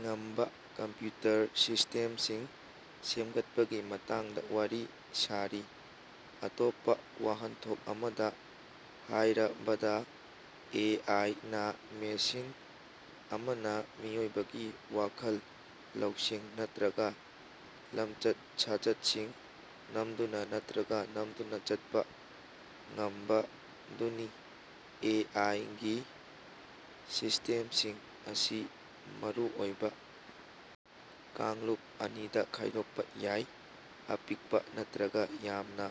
ꯉꯝꯕ ꯀꯝꯄꯤꯌꯨꯇꯔ ꯁꯤꯁꯇꯦꯝꯁꯤꯡ ꯁꯦꯝꯒꯠꯄꯒꯤ ꯃꯇꯥꯡꯗ ꯋꯥꯔꯤ ꯁꯥꯔꯤ꯫ ꯑꯇꯣꯞꯄ ꯋꯥꯍꯟꯊꯣꯛ ꯑꯃꯗ ꯍꯥꯏꯔꯕꯗꯥ ꯑꯦ ꯑꯥꯏ ꯅꯥ ꯃꯦꯁꯤꯟ ꯑꯃꯅ ꯃꯤꯑꯣꯏꯕꯒꯤ ꯋꯥꯈꯜ ꯂꯧꯁꯤꯡ ꯅꯠꯇ꯭ꯔꯒ ꯂꯃꯆꯠ ꯁꯥꯖꯠꯁꯤꯡ ꯅꯝꯗꯨꯅ ꯅꯠꯇ꯭ꯔꯒ ꯅꯝꯗꯨꯅ ꯆꯠꯄ ꯉꯝꯕꯗꯨꯅꯤ꯫ ꯑꯦ ꯑꯥꯏ ꯒꯤ ꯁꯤꯁꯇꯦꯝꯁꯤꯡ ꯑꯁꯤ ꯃꯔꯨꯑꯣꯏꯕ ꯀꯥꯡꯂꯨꯞ ꯑꯅꯤꯗ ꯈꯥꯏꯗꯣꯛꯄ ꯌꯥꯏ ꯑꯄꯤꯛꯄ ꯅꯠꯇ꯭ꯔꯒ ꯌꯥꯝꯅ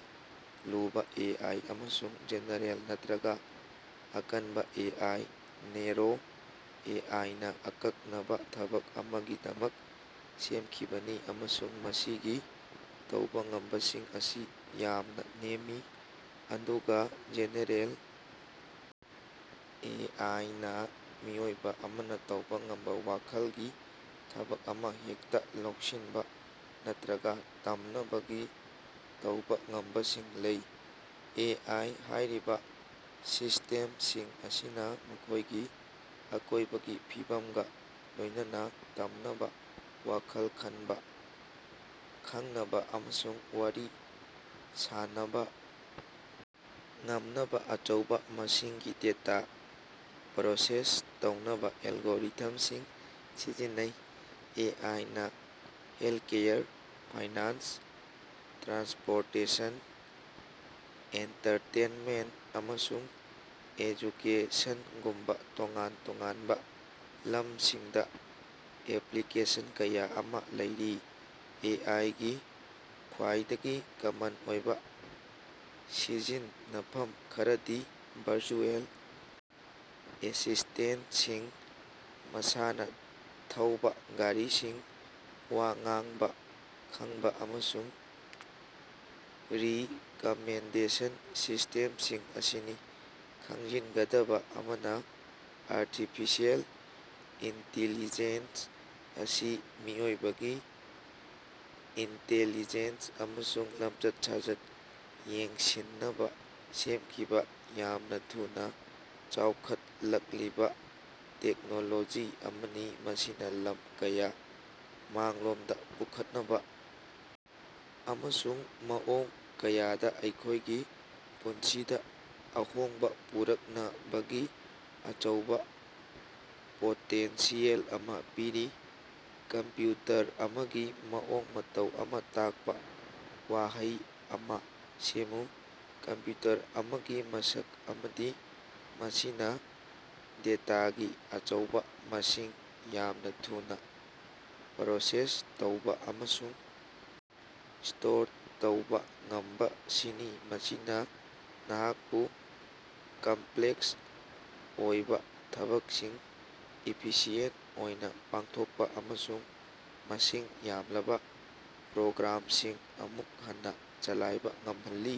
ꯂꯨꯕ ꯑꯦ ꯑꯥꯏ ꯑꯃꯁꯨꯡ ꯖꯦꯅꯦꯔꯦꯜ ꯅꯠꯇ꯭ꯔꯒ ꯑꯀꯟꯕ ꯑꯦ ꯑꯥꯏ ꯅꯦꯔꯣ ꯑꯦ ꯑꯥꯏ ꯅ ꯑꯀꯛꯅꯕ ꯊꯕꯛ ꯑꯃꯒꯤꯗꯃꯛ ꯁꯦꯝꯈꯤꯕꯅꯤ ꯑꯃꯁꯨꯡ ꯃꯁꯤꯒꯤ ꯇꯧꯕ ꯉꯝꯕꯁꯤꯡ ꯑꯁꯤ ꯌꯥꯝꯅ ꯅꯦꯝꯃꯤ ꯑꯗꯨꯒ ꯖꯦꯅꯦꯔꯦꯜ ꯑꯦ ꯑꯥꯏ ꯅꯥ ꯃꯤꯑꯣꯏꯕ ꯑꯃꯅ ꯇꯧꯕ ꯉꯝꯕ ꯋꯥꯈꯜꯒꯤ ꯊꯕꯛ ꯑꯃ ꯍꯦꯛꯇ ꯂꯧꯁꯤꯟꯕ ꯅꯠꯇ꯭ꯔꯒ ꯇꯝꯅꯕꯒꯤ ꯇꯧꯕ ꯉꯝꯕꯁꯤꯡ ꯂꯩ꯫ ꯑꯦ ꯑꯥꯏ ꯍꯥꯏꯔꯤꯕ ꯁꯤꯁꯇꯦꯝꯁꯤꯡ ꯑꯁꯤꯅ ꯃꯈꯣꯏꯒꯤ ꯑꯀꯣꯏꯕꯒꯤ ꯐꯤꯕꯝꯒ ꯂꯣꯏꯅꯅ ꯇꯝꯅꯕ ꯋꯥꯈꯜ ꯈꯟꯕ ꯈꯪꯅꯕ ꯑꯃꯁꯨꯡ ꯋꯥꯔꯤ ꯁꯥꯟꯅꯕ ꯉꯝꯅꯕ ꯑꯆꯧꯕ ꯃꯁꯤꯡꯒꯤ ꯗꯦꯇꯥ ꯄꯔꯣꯁꯦꯁ ꯇꯧꯅꯕ ꯑꯦꯜꯒꯣꯔꯤꯊꯝꯁꯤꯡ ꯁꯤꯖꯤꯟꯅꯩ꯫ ꯑꯦ ꯑꯥꯏ ꯅ ꯍꯦꯜꯀꯦꯌꯔ ꯐꯥꯏꯅꯥꯟꯁ ꯇ꯭ꯔꯥꯟꯁꯄꯣꯔꯇꯦꯁꯟ ꯑꯦꯟꯇꯔꯇꯦꯟꯃꯦꯟꯇ ꯑꯃꯁꯨꯡ ꯑꯦꯖꯨꯀꯦꯁꯟꯒꯨꯝꯕ ꯇꯣꯉꯥꯟ ꯇꯣꯉꯥꯟꯕ ꯂꯝꯁꯤꯡꯗ ꯑꯦꯄꯂꯤꯀꯦꯁꯟ ꯀꯌꯥ ꯑꯃ ꯂꯩꯔꯤ꯫ ꯑꯦ ꯑꯥꯏ ꯒꯤ ꯈ꯭ꯋꯥꯏꯗꯒꯤ ꯀꯃꯟ ꯑꯣꯏꯕ ꯁꯤꯖꯤꯟꯅꯐꯝ ꯈꯔꯗꯤ ꯚꯔꯆꯨꯑꯦꯜ ꯑꯦꯁꯤꯁꯇꯦꯟꯁꯤꯡ ꯃꯁꯥꯅ ꯊꯧꯕ ꯒꯥꯔꯤꯁꯤꯡ ꯋꯥ ꯉꯥꯡꯕ ꯈꯪꯕꯥ ꯑꯃꯁꯨꯡ ꯔꯤꯀꯃꯦꯟꯗꯦꯁꯟ ꯁꯤꯁꯇꯦꯝꯁꯤꯡ ꯑꯁꯤꯅꯤ꯫ ꯈꯪꯖꯤꯟꯒꯗꯕ ꯑꯃꯅ ꯑꯥꯔꯇꯤꯐꯤꯁꯤꯑꯦꯜ ꯏꯟꯇꯤꯂꯤꯖꯦꯟꯁ ꯑꯁꯤ ꯃꯤꯑꯣꯏꯕꯒꯤ ꯏꯟꯇꯦꯂꯤꯖꯦꯟꯁ ꯑꯃꯁꯨꯡ ꯂꯝꯆꯠ ꯁꯥꯖꯠ ꯌꯦꯡꯁꯤꯟꯅꯕ ꯁꯦꯝꯈꯤꯕ ꯌꯥꯝꯅ ꯊꯨꯅ ꯆꯥꯎꯈꯠꯂꯛꯂꯤꯕ ꯇꯦꯛꯅꯣꯂꯣꯖꯤ ꯑꯃꯅꯤ ꯃꯁꯤꯅ ꯂꯝ ꯀꯌꯥ ꯃꯥꯡꯂꯣꯝꯗ ꯄꯨꯈꯠꯅꯕ ꯑꯃꯁꯨꯡ ꯃꯑꯣꯡ ꯀꯌꯥꯗ ꯑꯩꯈꯣꯏꯒꯤ ꯄꯨꯟꯁꯤꯗ ꯑꯍꯣꯡꯕ ꯄꯨꯔꯛꯅꯕꯒꯤ ꯑꯆꯧꯕ ꯄꯣꯇꯦꯟꯁꯤꯌꯦꯜ ꯑꯃ ꯄꯤꯔꯤ꯫ ꯀꯝꯄꯤꯌꯨꯇꯔ ꯑꯃꯒꯤ ꯃꯑꯣꯡ ꯃꯇꯧ ꯑꯃ ꯇꯥꯛꯄ ꯋꯥꯍꯩ ꯑꯃ ꯁꯦꯝꯃꯨ꯫ ꯀꯝꯄꯤꯌꯨꯇꯔ ꯑꯃꯒꯤ ꯃꯁꯛ ꯑꯃꯗꯤ ꯃꯁꯤꯅ ꯗꯦꯇꯥꯒꯤ ꯑꯆꯧꯕ ꯃꯁꯤꯡ ꯌꯥꯝꯅ ꯊꯨꯅ ꯄꯔꯣꯁꯦꯁ ꯇꯧꯕ ꯑꯃꯁꯨꯡ ꯁꯇꯣꯔ ꯇꯧꯕ ꯉꯝꯕꯁꯤꯅꯤ ꯃꯁꯤꯅ ꯅꯍꯥꯛꯄꯨ ꯀꯝꯄꯂꯦꯛꯁ ꯑꯣꯏꯕ ꯊꯕꯛꯁꯤꯡ ꯏꯐꯤꯁꯤꯑꯦꯟ ꯑꯣꯏꯅ ꯄꯥꯡꯊꯣꯛꯄ ꯑꯃꯁꯨꯡ ꯃꯁꯤꯡ ꯌꯥꯝꯂꯕ ꯄ꯭ꯔꯣꯒꯔꯥꯝꯁꯤꯡ ꯑꯃꯨꯛ ꯍꯟꯅ ꯆꯂꯥꯏꯕ ꯉꯝꯍꯜꯂꯤ